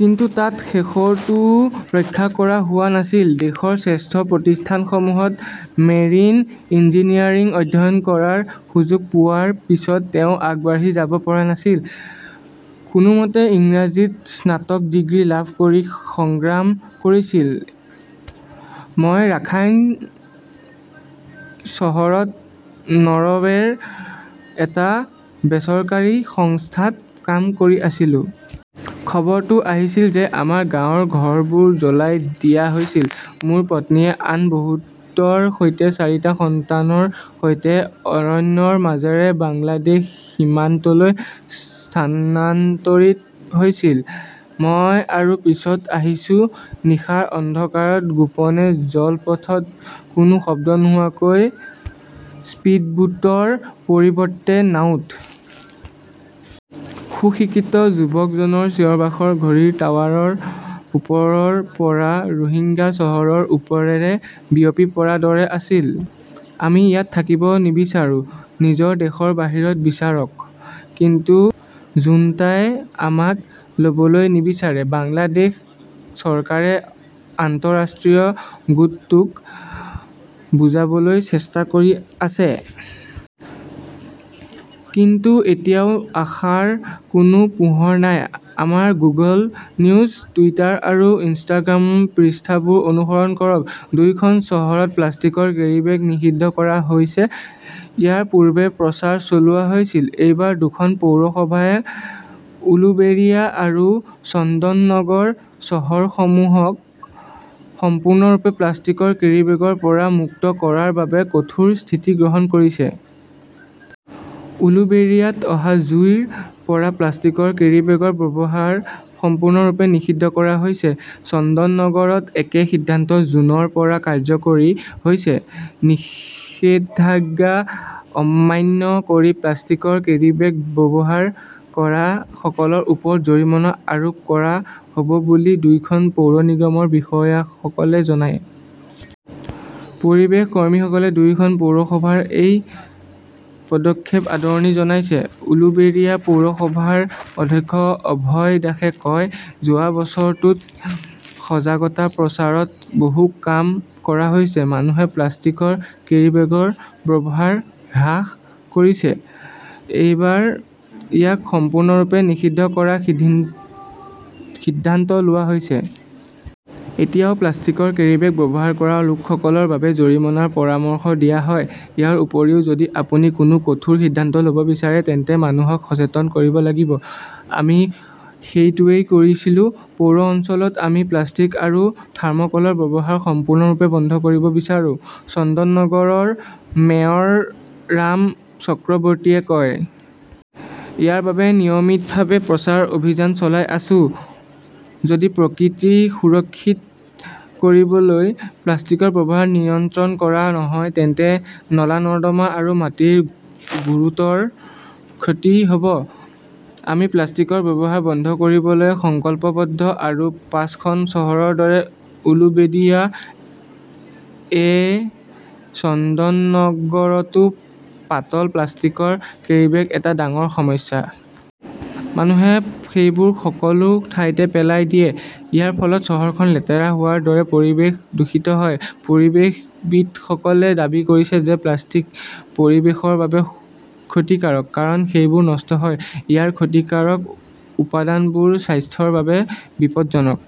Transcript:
কিন্তু তাত শেষৰটোও ৰক্ষা কৰা হোৱা নাছিল। দেশৰ শ্ৰেষ্ঠ প্ৰতিষ্ঠানসমূহত মেৰিন ইঞ্জিনিয়াৰিং অধ্যয়ন কৰাৰ সুযোগ পোৱাৰ পিছতো তেওঁ আগবাঢ়ি যাব পৰা নাছিল। কোনোমতে ইংৰাজীত স্নাতক ডিগ্ৰী লাভ কৰি সংগ্ৰাম কৰিছিল। মই ৰাখাইন চহৰত নৰৱেৰ এটা বেচৰকাৰী সংস্থাত কাম কৰি আছিলো। খবৰটো আহিছিল যে আমাৰ গাঁৱৰ ঘৰবোৰ জ্বলাই দিয়া হৈছিল। মোৰ পত্নীয়ে আন বহুতৰ সৈতে চাৰিটা সন্তানৰ সৈতে অৰণ্যৰ মাজেৰে বাংলাদেশ সীমান্তলৈ স্থানান্তৰিত হৈছিল। মই আৰু পিছত আহিছোঁ, নিশাৰ অন্ধকাৰত গোপনে জলপথত। কোনো শব্দ নোহোৱাকৈ স্পিডবোটৰ পৰিৱৰ্তে নাওত। সুশিক্ষিত যুৱকজনৰ চিঞৰ-বাখৰ ঘড়ীৰ টাৱাৰৰ ওপৰৰ পৰা ৰোহিংগ্যা চহৰৰ ওপৰেৰে বিয়পি পৰাৰ দৰে আছিল। আমি ইয়াত থাকিব নিবিচাৰো। নিজৰ দেশৰ বাহিৰত বিচাৰক। কিন্তু জুণ্টাই আমাক লবলৈ নিবিচাৰে। বাংলাদেশ চৰকাৰে আন্তঃৰাষ্ট্ৰীয় গোটটোক বুজাবলৈ চেষ্টা কৰি আছে। কিন্তু এতিয়াও আশাৰ কোনো পোহৰ নাই। আমাৰ গুগল নিউজ, টুইটাৰ আৰু ইনষ্টাগ্ৰাম পৃষ্ঠাবোৰ অনুসৰণ কৰক। দুয়োখন চহৰত প্লাষ্টিকৰ কেৰীবেগ নিষিদ্ধ কৰা হৈছে ইয়াৰ পূৰ্বে প্ৰচাৰ চলোৱা হৈছিল। এইবাৰ দুখন পৌৰসভাই উলুবেৰিয়া আৰু চন্দননগৰ চহৰসমূহক সম্পূৰ্ণৰূপে প্লাষ্টিকৰ কেৰিবেগৰ পৰা মুক্ত কৰাৰ বাবে কঠোৰ স্থিতি গ্ৰহণ কৰিছে। উলুবেৰিয়াত অহা জুলাইৰ পৰা প্লাষ্টিকৰ কেৰীবেগৰ ব্যৱহাৰ সম্পূৰ্ণৰূপে নিষিদ্ধ কৰা হৈছে। চন্দননগৰত একে সিদ্ধান্ত জুনৰ পৰা কাৰ্যকৰী হৈছে। নিষেধাজ্ঞা অমান্য কৰি প্লাষ্টিকৰ কেৰীবেগ ব্যৱহাৰ কৰা সকলৰ ওপৰত জৰিমনা আৰোপ কৰা হ'ব বুলি দুয়োখন পৌৰ নিগমৰ বিষয়াসকলে জনায়। পৰিৱেশ কৰ্মীসকলে দুয়োখন পৌৰসভাৰ এই পদক্ষেপক আদৰণি জনাইছে। উলুবেৰিয়া পৌৰসভাৰ অধ্যক্ষ অভয় দাসে কয়, যোৱা বছৰটোত সজাগতা প্ৰচাৰত বহু কাম কৰা হৈছে। মানুহে প্লাষ্টিকৰ কেৰিবেগৰ ব্যৱহাৰ হ্ৰাস কৰিছে। এইবাৰ ইয়াক সম্পূৰ্ণৰূপে নিষিদ্ধ কৰাৰ সিদ্ধান্ত লোৱা হৈছে। এতিয়াও প্লাষ্টিকৰ কেৰীবেগ ব্যৱহাৰ কৰা লোকসকলৰ বাবে জৰিমনাৰ পৰামৰ্শ দিয়া হয়। ইয়াৰ উপৰিও, যদি আপুনি কোনো কঠোৰ সিদ্ধান্ত লব বিচাৰে তেন্তে মানুহক সচেতন কৰিব লাগিব। আমি সেইটোৱেই কৰিছিলো। পৌৰ অঞ্চলত আমি প্লাষ্টিক আৰু থাৰ্ম'কলৰ ব্যৱহাৰ সম্পূৰ্ণৰূপে বন্ধ কৰিব বিচাৰো, চন্দননগৰৰ মেয়ৰ ৰাম চক্ৰৱৰ্তীয়ে কয়। ইয়াৰ বাবে নিয়মিতভাৱে প্ৰচাৰ অভিযান চলাই আছো। যদি প্ৰকৃতি সুৰক্ষিত কৰিবলৈ প্লাষ্টিকৰ ব্যৱহাৰ নিয়ন্ত্ৰণ কৰা নহয় তেন্তে নলা-নৰ্দমা আৰু মাটিৰ গুৰুতৰ ক্ষতি হ'ব। আমি প্লাষ্টিকৰ ব্যৱহাৰ বন্ধ কৰিবলৈ সংকল্পবদ্ধ। আৰু পাঁচখন চহৰৰ দৰে উলুবেদিয়া এ চন্দননগৰতো পাতল প্লাষ্টিকৰ কেৰিবেগ এটা ডাঙৰ সমস্যা। মানুহে সেইবোৰ সকলো ঠাইতে পেলাই দিয়ে। ইয়াৰ ফলত চহৰখন লেতেৰা হোৱাৰ দৰে পৰিৱেশ দূষিত হয়। পৰিৱেশবিদসকলে দাবী কৰিছে যে প্লাষ্টিক, পৰিৱেশৰ বাবে ক্ষতিকাৰক। কাৰণ, সেইবোৰ নষ্ট নহয়। ইয়াৰ ক্ষতিকাৰক উপাদানবোৰ স্বাস্থ্যৰ বাবে বিপদজনক।